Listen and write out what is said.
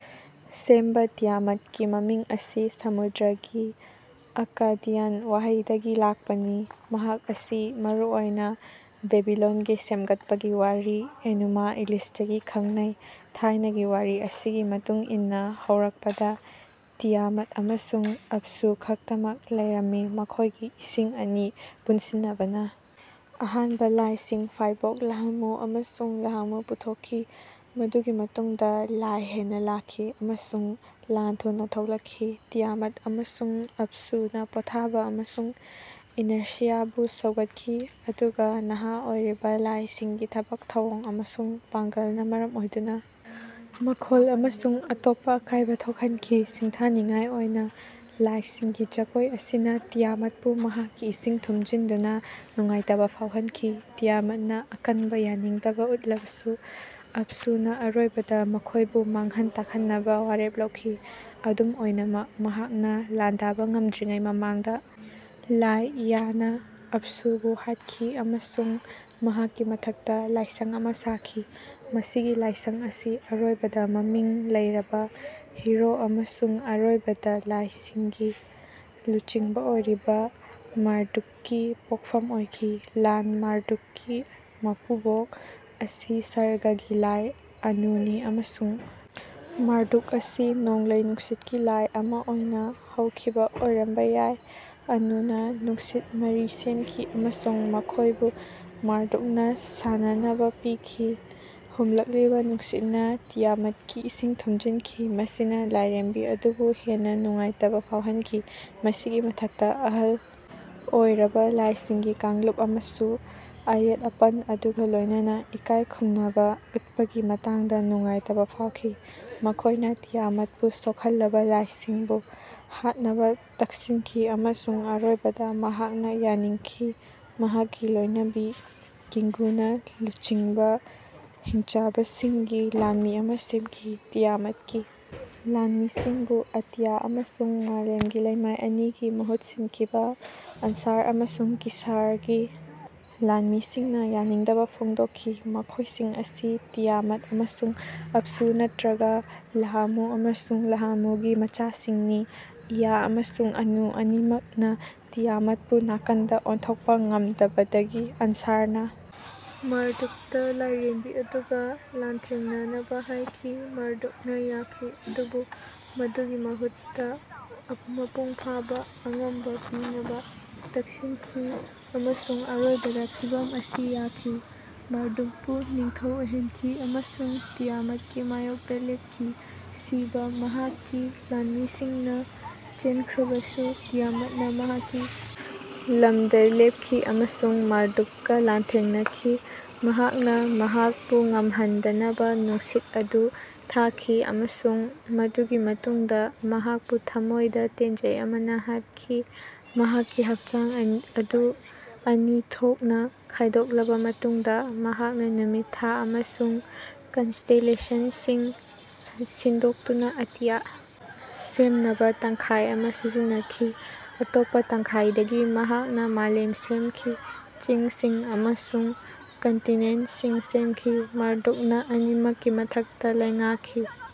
ꯁꯦꯝꯕ ꯇꯤꯌꯥꯃꯠꯀꯤ ꯃꯃꯤꯡ ꯑꯁꯤ ꯁꯃꯨꯗ꯭ꯔꯒꯤ ꯑꯛꯀꯥꯗꯤꯌꯟ ꯋꯥꯍꯩꯗꯒꯤ ꯂꯥꯛꯄꯅꯤ꯫ ꯃꯍꯥꯛ ꯑꯁꯤ ꯃꯔꯨ ꯑꯣꯏꯅ ꯕꯦꯕꯤꯂꯣꯟꯒꯤ ꯁꯦꯝꯒꯠꯄꯒꯤ ꯋꯥꯔꯤ ꯑꯦꯅꯨꯃꯥ ꯏꯂꯤꯁꯇꯒꯤ ꯈꯪꯅꯩ꯫ ꯊꯥꯏꯅꯒꯤ ꯋꯥꯔꯤ ꯑꯁꯤꯒꯤ ꯃꯇꯨꯡ ꯏꯟꯅ ꯍꯧꯔꯛꯄꯗ ꯇꯤꯌꯥꯃꯠ ꯑꯃꯁꯨꯡ ꯑꯞꯁꯨ ꯈꯛꯇꯃꯛ ꯂꯩꯔꯝꯃꯤ ꯃꯈꯣꯏꯒꯤ ꯏꯁꯤꯡ ꯑꯅꯤ ꯄꯨꯟꯁꯤꯟꯅꯕꯅ ꯑꯍꯥꯟꯕ ꯂꯥꯏꯁꯤꯡ ꯐꯥꯏꯕꯣꯛ ꯂꯥꯍꯃꯨ ꯑꯃꯁꯨꯡ ꯂꯥꯍꯥꯃꯨ ꯄꯨꯊꯣꯛꯈꯤ꯫ ꯃꯗꯨꯒꯤ ꯃꯇꯨꯡꯗ ꯂꯥꯏ ꯍꯦꯟꯅ ꯂꯥꯛꯈꯤ ꯑꯃꯁꯨꯡ ꯂꯥꯟ ꯊꯨꯅ ꯊꯣꯛꯂꯛꯈꯤ꯫ ꯇꯤꯌꯥꯃꯠ ꯑꯃꯁꯨꯡ ꯑꯞꯁꯨꯅ ꯄꯣꯊꯥꯕ ꯑꯃꯁꯨꯡ ꯏꯅꯔꯁꯤꯌꯥꯕꯨ ꯁꯧꯒꯠꯈꯤ ꯑꯗꯨꯒ ꯅꯍꯥ ꯑꯣꯏꯔꯤꯕ ꯂꯥꯏꯁꯤꯡꯒꯤ ꯊꯕꯛ ꯊꯧꯑꯣꯡ ꯑꯃꯁꯨꯡ ꯄꯥꯡꯒꯜꯅ ꯃꯔꯝ ꯑꯣꯏꯗꯨꯅ ꯃꯈꯣꯜ ꯑꯃꯁꯨꯡ ꯑꯇꯣꯞꯄ ꯑꯀꯥꯏꯕ ꯊꯣꯛꯍꯟꯈꯤ꯫ ꯁꯤꯡꯊꯥꯅꯤꯡꯉꯥꯏ ꯑꯣꯏꯅ ꯂꯥꯏꯁꯤꯡꯒꯤ ꯖꯒꯣꯏ ꯑꯁꯤꯅ ꯇꯤꯌꯥꯃꯠꯄꯨ ꯃꯍꯥꯛꯀꯤ ꯏꯁꯤꯡ ꯊꯨꯝꯖꯤꯟꯗꯨꯅ ꯅꯨꯡꯉꯥꯏꯇꯕ ꯐꯥꯎꯍꯟꯈꯤ꯫ ꯇꯤꯌꯥꯃꯠꯅ ꯑꯀꯟꯕ ꯌꯥꯅꯤꯡꯗꯕ ꯎꯠꯂꯕꯁꯨ ꯑꯞꯁꯨꯅ ꯑꯔꯣꯏꯕꯗ ꯃꯈꯣꯏꯕꯨ ꯃꯥꯡꯍꯟ ꯇꯥꯛꯍꯟꯅꯕ ꯋꯥꯔꯦꯞ ꯂꯧꯈꯤ꯫ ꯑꯗꯨꯝ ꯑꯣꯏꯅꯃꯛ ꯃꯍꯥꯛꯅ ꯂꯥꯟꯗꯥꯕ ꯉꯝꯗ꯭ꯔꯤꯉꯩ ꯃꯃꯥꯡꯗ ꯂꯥꯏ ꯏꯌꯥꯅ ꯑꯞꯁꯨꯕꯨ ꯍꯥꯠꯈꯤ ꯑꯃꯁꯨꯡ ꯃꯍꯥꯛꯀꯤ ꯃꯊꯛꯇ ꯂꯥꯏꯁꯪ ꯑꯃ ꯁꯥꯈꯤ꯫ ꯃꯁꯤꯒꯤ ꯂꯥꯏꯁꯪ ꯑꯁꯤ ꯑꯔꯣꯏꯕꯗ ꯃꯃꯤꯡ ꯂꯩꯔꯕ ꯍꯤꯔꯣ ꯑꯃꯁꯨꯡ ꯑꯔꯣꯏꯕꯗ ꯂꯥꯏꯁꯤꯡꯒꯤ ꯂꯨꯆꯤꯡꯕ ꯑꯣꯏꯔꯤꯕ ꯃꯥꯔꯗꯨꯛꯀꯤ ꯄꯣꯛꯐꯝ ꯑꯣꯏꯈꯤ꯫ ꯂꯥꯟ ꯃꯥꯔꯗꯨꯛꯀꯤ ꯃꯄꯨꯕꯣꯛ ꯑꯁꯤ ꯁꯔꯒꯀꯤ ꯂꯥꯏ ꯑꯅꯨꯅꯤ ꯑꯃꯁꯨꯡ ꯃꯥꯔꯗꯨꯛ ꯑꯁꯤ ꯅꯣꯡꯂꯩ ꯅꯨꯡꯁꯤꯠꯀꯤ ꯂꯥꯏ ꯑꯃ ꯑꯣꯏꯅ ꯍꯧꯈꯤꯕ ꯑꯣꯏꯔꯝꯕ ꯌꯥꯏ꯫ ꯑꯅꯨꯅ ꯅꯨꯡꯁꯤꯠ ꯃꯔꯤ ꯁꯦꯝꯈꯤ ꯑꯃꯁꯨꯡ ꯃꯈꯣꯏꯕꯨ ꯃꯥꯔꯗꯨꯛꯇ ꯁꯥꯟꯅꯅꯕ ꯄꯤꯈꯤ꯫ ꯍꯨꯝꯂꯛꯂꯤꯕ ꯅꯨꯡꯁꯤꯠꯅ ꯇꯤꯌꯥꯃꯠꯀꯤ ꯏꯁꯤꯡ ꯊꯨꯝꯖꯤꯟꯈꯤ ꯃꯁꯤꯅ ꯂꯥꯏꯔꯦꯝꯕꯤ ꯑꯗꯨꯕꯨ ꯍꯦꯟꯅ ꯅꯨꯡꯉꯥꯏꯇꯕ ꯐꯥꯎꯍꯟꯈꯤ꯫ ꯃꯁꯤꯒꯤ ꯃꯊꯛꯇ ꯑꯍꯜ ꯑꯣꯏꯔꯕ ꯂꯥꯏꯁꯤꯡꯒꯤ ꯀꯥꯡꯂꯨꯞ ꯑꯃꯁꯨ ꯑꯌꯦꯠ ꯑꯄꯟ ꯑꯗꯨꯒ ꯂꯣꯏꯅꯅ ꯏꯀꯥꯏ ꯈꯨꯝꯅꯕ ꯎꯠꯄꯒꯤ ꯃꯇꯥꯡꯗ ꯅꯨꯡꯉꯥꯏꯇꯕ ꯐꯥꯎꯈꯤ꯫ ꯃꯈꯣꯏꯅ ꯇꯤꯌꯥꯃꯠꯄꯨ ꯁꯣꯛꯍꯜꯂꯕ ꯂꯥꯏꯁꯤꯡꯕꯨ ꯍꯥꯠꯅꯕ ꯇꯛꯁꯤꯟꯈꯤ ꯑꯃꯁꯨꯡ ꯑꯔꯣꯏꯕꯗ ꯃꯍꯥꯛꯅ ꯌꯥꯅꯤꯡꯈꯤ ꯃꯍꯥꯛꯀꯤ ꯂꯣꯏꯅꯕꯤ ꯀꯤꯡꯒꯨꯅ ꯂꯨꯆꯤꯡꯕ ꯍꯤꯡꯆꯥꯕꯁꯤꯡꯒꯤ ꯂꯥꯟꯃꯤ ꯑꯃ ꯁꯦꯝꯈꯤ꯫ ꯇꯤꯌꯥꯃꯠꯀꯤ ꯂꯥꯟꯃꯤꯁꯤꯡꯕꯨ ꯑꯇꯤꯌꯥ ꯑꯃꯁꯨꯡ ꯃꯥꯂꯦꯝꯒꯤ ꯂꯩꯃꯥꯏ ꯑꯅꯤꯒꯤ ꯃꯍꯨꯠ ꯁꯤꯟꯈꯤꯕ ꯑꯟꯁꯥꯔ ꯑꯃꯁꯨꯡ ꯀꯤꯁꯥꯔꯒꯤ ꯂꯥꯟꯃꯤꯁꯤꯡꯅ ꯌꯥꯅꯤꯡꯗꯕ ꯐꯣꯡꯗꯣꯛꯈꯤ꯫ ꯃꯈꯣꯏꯁꯤꯡ ꯑꯁꯤ ꯇꯤꯌꯥꯃꯠ ꯑꯃꯁꯨꯡ ꯑꯞꯁꯨ ꯅꯠꯇ꯭ꯔꯒ ꯂꯥꯍꯃꯨ ꯑꯃꯁꯨꯡ ꯂꯥꯍꯥꯃꯨꯒꯤ ꯃꯆꯥꯁꯤꯡꯅꯤ꯫ ꯏꯌꯥ ꯑꯃꯁꯨꯡ ꯑꯅꯨ ꯑꯅꯤꯃꯛꯅ ꯇꯤꯌꯥꯃꯠꯄꯨ ꯅꯥꯀꯟꯗ ꯑꯣꯟꯊꯣꯛꯄ ꯉꯝꯗꯕꯗꯒꯤ ꯑꯟꯁꯥꯔꯅ ꯃꯥꯔꯗꯨꯛꯇ ꯂꯥꯏꯔꯦꯝꯕꯤ ꯑꯗꯨꯒ ꯂꯥꯟꯊꯦꯡꯅꯅꯕ ꯍꯥꯏꯈꯤ꯫ ꯃꯥꯔꯗꯨꯛꯅ ꯌꯥꯈꯤ ꯑꯗꯨꯕꯨ ꯃꯗꯨꯒꯤ ꯃꯍꯨꯠꯇ ꯃꯄꯨꯡ ꯐꯥꯕ ꯑꯉꯝꯕ ꯄꯤꯅꯕ ꯇꯛꯁꯤꯟꯈꯤ ꯑꯃꯁꯨꯡ ꯑꯔꯣꯏꯕꯗ ꯐꯤꯚꯝ ꯑꯁꯤ ꯌꯥꯈꯤ꯫ ꯃꯥꯔꯗꯨꯛꯄꯨ ꯅꯤꯡꯊꯧ ꯑꯣꯏꯍꯟꯈꯤ ꯑꯃꯁꯨꯡ ꯇꯤꯌꯥꯃꯠꯀꯤ ꯃꯥꯌꯣꯛꯇ ꯂꯦꯞꯈꯤ꯫ ꯁꯤꯕ ꯃꯍꯥꯛꯀꯤ ꯂꯥꯟꯃꯤꯁꯤꯡꯅ ꯆꯦꯟꯈ꯭ꯔꯕꯁꯨ ꯇꯤꯌꯥꯃꯠꯅ ꯃꯍꯥꯛꯀꯤ ꯂꯝꯗ ꯂꯦꯞꯈꯤ ꯑꯃꯁꯨꯡ ꯃꯥꯔꯗꯨꯛꯀ ꯂꯥꯟꯊꯦꯡꯅꯈꯤ꯫ ꯃꯍꯥꯛꯅ ꯃꯍꯥꯛꯄꯨ ꯉꯝꯍꯟꯗꯅꯕ ꯅꯨꯡꯁꯤꯠ ꯑꯗꯨ ꯊꯥꯈꯤ ꯑꯃꯁꯨꯡ ꯃꯗꯨꯒꯤ ꯃꯇꯨꯡꯗ ꯃꯍꯥꯛꯄꯨ ꯊꯃꯣꯏꯗ ꯇꯦꯟꯖꯩ ꯑꯃꯅ ꯍꯥꯠꯈꯤ꯫ ꯃꯍꯥꯛꯀꯤ ꯍꯛꯆꯥꯡ ꯑꯗꯨ ꯑꯅꯤ ꯊꯣꯛꯅ ꯈꯥꯏꯗꯣꯛꯂꯕ ꯃꯇꯨꯡꯗ ꯃꯍꯥꯛꯅ ꯅꯨꯃꯤꯠ ꯊꯥ ꯑꯃꯁꯨꯡ ꯀꯟꯁꯇꯦꯂꯦꯁꯟꯁꯤꯡ ꯁꯤꯟꯗꯣꯛꯇꯨꯅ ꯑꯇꯤꯌꯥ ꯁꯦꯝꯅꯕ ꯇꯪꯈꯥꯏ ꯑꯃ ꯁꯤꯖꯤꯟꯅꯈꯤ꯫ ꯑꯇꯣꯞꯄ ꯇꯪꯈꯥꯏꯗꯒꯤ ꯃꯍꯥꯛꯅ ꯃꯥꯂꯦꯝ ꯁꯦꯝꯈꯤ ꯆꯤꯡꯁꯤꯡ ꯑꯃꯁꯨꯡ ꯀꯟꯇꯤꯅꯦꯟꯠꯁꯤꯡ ꯁꯦꯝꯈꯤ꯫ ꯃꯥꯔꯗꯨꯛꯅ ꯑꯅꯤꯃꯛꯀꯤ ꯃꯊꯛꯇ ꯂꯩꯉꯥꯛꯈꯤ꯫